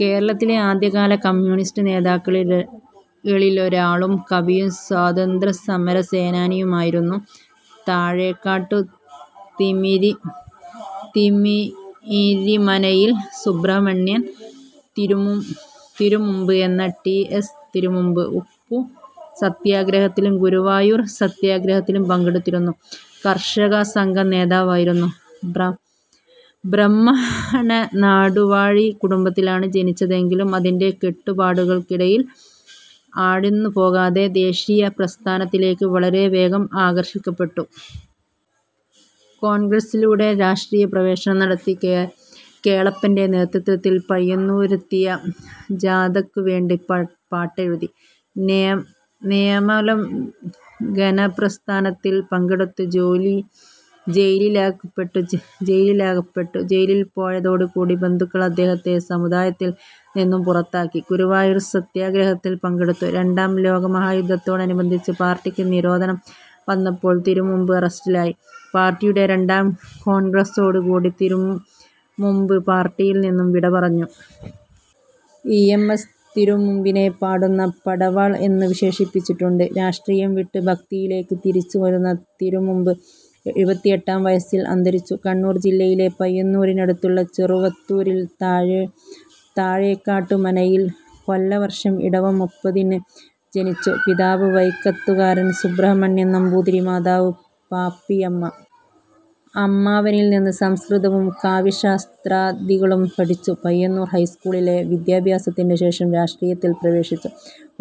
കേരളത്തിലെ ആദ്യകാല കമ്മ്യൂണിസ്റ്റു നേതാക്കളിലൊരാളും കവിയും സ്വാതന്ത്രസമരസേനാനിയുമായിരുന്നു താഴേക്കാട്ടു തിമിരി തിമിരിമനയിൽ സുബ്രഹ്മണ്യൻ തിരുമുമ്പ് എന്ന ടി. എസ്. തിരുമുമ്പ്. ഉപ്പു സത്യാഗ്രഹത്തിലും ഗുരുവായൂർ സത്യാഗ്രഹത്തിലും പങ്കെടുത്തിരുന്നു. കർഷക സംഘം നേതാവായിരുന്നു. ബ്രാഹ്മണനാടുവാഴി കുടുംബത്തിലാണ് ജനിച്ചതെങ്കിലും അതിന്റെ കെട്ടുപാടുകൾക്കിടയിൽ ആഴ്ന്നു പോകാതെ ദേശീയപ്രസ്ഥാനത്തിലേക്ക് വളരെ വേഗം ആകർഷിക്കപ്പെട്ടു. കോൺഗ്രസ്സിലൂടെ രാഷ്ട്രീയപ്രവേശനം നടത്തി. കേളപ്പന്റെ നേതൃത്വത്തിൽ പയ്യന്നൂരെത്തിയ ജാഥക്കു വേണ്ടി പാട്ടെഴുതി. നിയമലംഘനപ്രസ്ഥാനത്തിൽ പങ്കെടുത്ത് ജയിലിലടക്കപ്പെട്ടു. ജയിലിൽ പോയതോടുകൂടി ബന്ധുക്കൾ അദ്ദേഹത്തെ സമുദായത്തിൽ നിന്നും പുറത്താക്കി. ഗുരുവായൂർ സത്യാഗ്രഹത്തിൽ പങ്കെടുത്തു. രണ്ടാം ലോകമഹായുദ്ധത്തോടനുബന്ധിച്ച് പാർട്ടിക്ക് നിരോധനം വന്നപ്പോൾ തിരുമുമ്പ് അറസ്റ്റിലായി. പാർട്ടിയുടെ രണ്ടാം കോൺഗ്രസ്സോടുകൂടി തിരുമുമ്പ് പാർട്ടിയിൽ നിന്നും വിടപറഞ്ഞു. ഇ. എം. എസ്സ് തിരുമുമ്പിനെ പാടുന്ന പടവാൾ എന്നു വിശേഷിപ്പിച്ചിട്ടുണ്ട്. രാഷ്ട്രീയം വിട്ട് ഭക്തിയിലേക്ക് തിരിച്ചുവന്ന തിരുമുമ്പ് എഴുപത്തിഎട്ടാം വയസ്സിൽ അന്തരിച്ചു. കണ്ണൂർ ജില്ലയിലെ പയ്യന്നൂരിനടുത്തുള്ള ചെറുവത്തൂരിൽ, താഴേക്കാട്ടു മനയിൽ കൊല്ല വർഷം ഇടവം മുപ്പതിന് ജനിച്ചു. പിതാവ് വൈക്കത്തുകാരൻ സുബ്രഹ്മണ്യൻ നമ്പൂതിരി, മാതാവ് പാപ്പിയമ്മ. അമ്മാവനിൽ നിന്ന് സംസ്കൃതവും കാവ്യശാസ്ത്രാദികളും പഠിച്ചു. പയ്യന്നൂർ ഹൈസ്കൂളിലെ വിദ്യാഭ്യാസത്തിനു ശേഷം രാഷ്ട്രീയത്തിൽ പ്രവേശിച്ചു.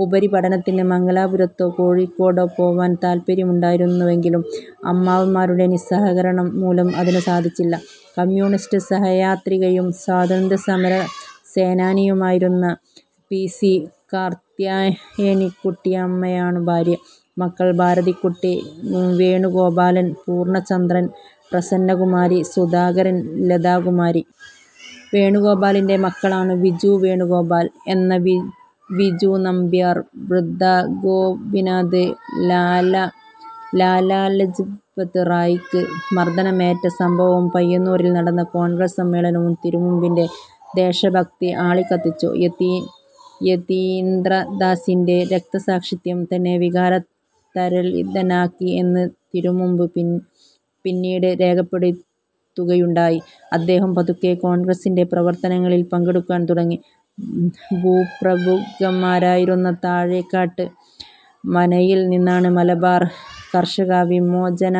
ഉപരിപഠനത്തിന് മംഗലാപുരത്തോ, കോഴിക്കോടോ പോവാൻ താൽപര്യമുണ്ടായിരുന്നുവെങ്കിലും അമ്മാവന്മാരുടെ നിസ്സഹകരണം മൂലം അതിനു സാധിച്ചില്ല. കമ്മ്യൂണിസ്റ്റ് സഹയാത്രികയും സ്വാതന്ത്ര്യസമരസേനാനിയുമായിരുന്ന പി. സി കാർത്യായനിക്കുട്ടിയമ്മയാണു ഭാര്യ. മക്കൾ ഭാരതിക്കുട്ടി, വേണുഗോപാലൻ, പൂർണ്ണചന്ദ്രൻ, പ്രസന്നകുമാരി, സുധാകരൻ, ലതാകുമാരി. വേണുഗോപാലിന്റെ മക്കളാണു. വിജുവേണുഗോപാൽ എന്ന വിജുനമ്പ്യാർവൃന്ദാഗോപിനാഥ് ലാലാലജ്പത് റായിക്ക് മർദ്ദനമേറ്റ സംഭവവും, പയ്യന്നൂരിൽ നടന്ന കോൺഗ്രസ്സ് സമ്മേളനവും തിരുമുമ്പിന്റെ ദേശഭക്തി ആളിക്കത്തിച്ചു. യതീന്ദ്രദാസിന്റെ രക്തസാക്ഷിത്വം തന്നെ വികാരതരളിതനാക്കി എന്ന് തിരുമുമ്പ് പിന്നീട് രേഖപ്പെടുത്തുകയുണ്ടായി. അദ്ദേഹം പതുക്കെ, കോൺഗ്രസ്സിന്റെ പ്രവർത്തനങ്ങളിൽ പങ്കെടുക്കാൻ തുടങ്ങി. ഭൂപ്രഭുക്കന്മാരായിരുന്ന താഴെക്കാട്ട് മനയിൽ നിന്നാണ് മലബാർ കർഷക വിമോചന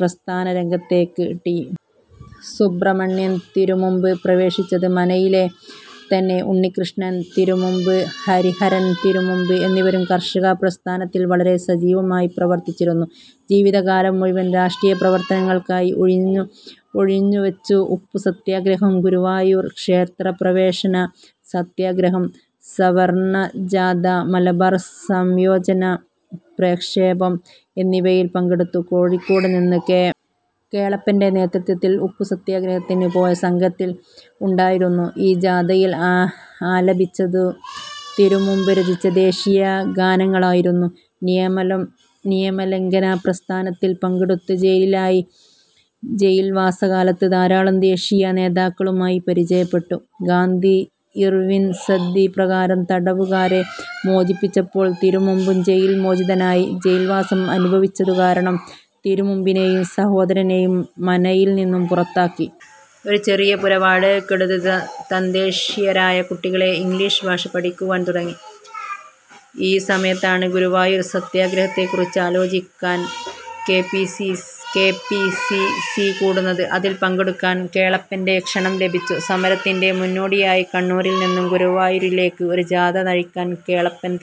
പ്രസ്ഥാന രംഗത്തേക്ക് ടി. സുബ്രഹ്മണ്യൻ തിരുമുമ്പ് പ്രവേശിച്ചത്. മനയിലെ തന്നെ ഉണ്ണികൃഷ്ണൻ തിരുമുമ്പ്, ഹരിഹരൻ തിരുമുമ്പ് എന്നിവരും കർഷക പ്രസ്ഥാനത്തിൽ വളരെ സജീവമായി പ്രവർത്തിച്ചിരുന്നു. ജീവിതകാലം മുഴുവനും രാഷ്ട്രീയപ്രവർത്തനങ്ങൾക്കായി ഉഴിഞ്ഞു ഉഴിഞ്ഞുവച്ചു. ഉപ്പു സത്യാഗ്രഹം, ഗുരുവായൂർ ക്ഷേത്രപ്രവേശന സത്യഗ്രഹം, സവർണജാഥ, മലബാർ സംയോജന പ്രക്ഷോഭം എന്നിവയിൽ പങ്കെടുത്തു. കോഴിക്കോട് നിന്ന് കെ. കേളപ്പന്റെ നേതൃത്വത്തിൽ ഉപ്പുസത്യാഗ്രഹത്തിന് പോയ സംഘത്തിൽ ഉണ്ടായിരുന്നു. ഈ ജാഥയിൽ ആആലപിച്ചതു തിരുമുമ്പ് രചിച്ച ദേശീയ ഗാനങ്ങളായിരുന്നു. നിയമലം നിയമലംഘന പ്രസ്ഥാനത്തിൽ പങ്കെടുത്ത് ജയിലിലായി. ജയിൽവാസകാലത്ത് ധാരാളം ദേശീയ നേതാക്കളുമായി പരിചയപ്പെട്ടു. ഗാന്ധി-ഇർവിൻ സന്ധി പ്രകാരം തടവുകാരെ മോചിപ്പിച്ചപ്പോൾ തിരുമുമ്പും ജയിൽ മോചിതനായി. ജയിൽവാസം അനുഭവിച്ചതുകാരണം തിരുമുമ്പിനേയും സഹോദരനേയും മനയിൽ നിന്നും പുറത്താക്കി. ഒരു ചെറിയ പുര വാടകക്കെടുത്ത് തദ്ദേശീയരായ കുട്ടികളെ ഇംഗ്ലീഷ് ഭാഷ പഠിപ്പിക്കുവാൻ തുടങ്ങി. ഈ സമയത്താണ് ഗുരുവായൂർ സത്യാഗ്രഹത്തെക്കുറിച്ചാലോചിക്കാൻ കെ. പി. സി. സി കൂടുന്നത്, അതിൽ പങ്കെടുക്കാൻ കേളപ്പന്റെ ക്ഷണം ലഭിച്ചു. സമരത്തിന്റെ മുന്നോടിയായി കണ്ണൂരിൽ നിന്നും ഗുരുവായൂരിലേക്ക് ഒരു ജാഥ നയിക്കാൻ കേളപ്പൻ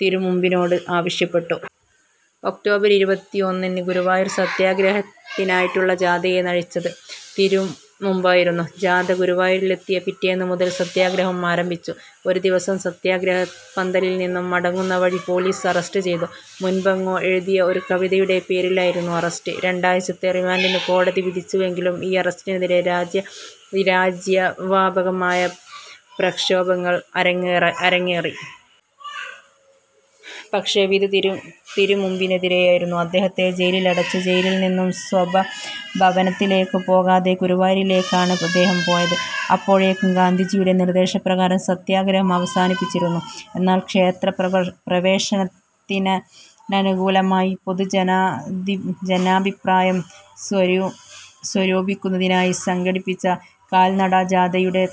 തിരുമുമ്പിനോട് ആവശ്യപ്പെട്ടു. ഒക്ടോബർ ഇരുപത്തിഒന്നിന് ഗുരുവായൂർ സത്യാഗ്രഹത്തിനായിട്ടുള്ള ജാഥയെ നയിച്ചത് തിരുമുമ്പായിരുന്നു. ജാഥ ഗുരുവായൂരിലെത്തിയ പിറ്റേന്നു മുതൽ സത്യാഗ്രഹം ആരംഭിച്ചു. ഒരു ദിവസം സത്യാഗ്രഹപന്തലിൽ നിന്നും മടങ്ങുന്ന വഴി പോലീസ് അറസ്റ്റ് ചെയ്തു. മുൻപെങ്ങോ എഴുതിയ ഒരു കവിതയുടെ പേരിലായിരുന്നു അറസ്റ്റ്. രണ്ടാഴ്ചത്തെ റിമാൻഡിനു കോടതി വിധിച്ചുവെങ്കിലും, ഈ അറസ്റ്റിനെതിരേ രാജ്യവാപകമായ പ്രക്ഷോഭങ്ങൾ അരങ്ങേറ അരങ്ങേറി. പക്ഷേ വിധി തിരുമു തിരുമുമ്പിനെതിരായിരുന്നു. അദ്ദേഹത്തെ ജയിലിലടച്ചു. ജയിലിൽ നിന്നും സ്വഭവനത്തിലേക്കു പോകാതെ ഗുരുവായൂരിലേക്കാണ് അദ്ദേഹം പോയത്. അപ്പോഴേക്കും ഗാന്ധിജിയുടെ നിർദ്ദേശപ്രകാരം സത്യാഗ്രഹം അവസാനിപ്പിച്ചിരുന്നു, എന്നാൽ ക്ഷേത്രപ്രവേശനത്തിനനകൂലമായി പൊതുജനാഭിപ്രായം സ്വരൂപിക്കുന്നതിനായി സംഘടിപ്പിച്ച കാൽനട ജാഥയുടെ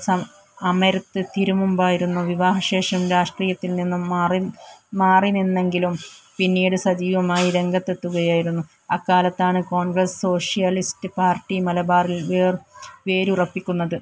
അമരത്ത് തിരുമുമ്പായിരുന്നു. വിവാഹശേഷം രാഷ്ട്രീയത്തിൽ നിന്നും മാറിനിന്നെങ്കിലും, പിന്നീട് സജീവമായി രംഗത്തെത്തുകയായിരുന്നു. അക്കാലത്താണ് കോൺഗ്രസ്സ് സോഷ്യലിസ്റ്റ് പാർട്ടി മലബാറിൽ വേർ വേരുറപ്പിക്കുന്നത്.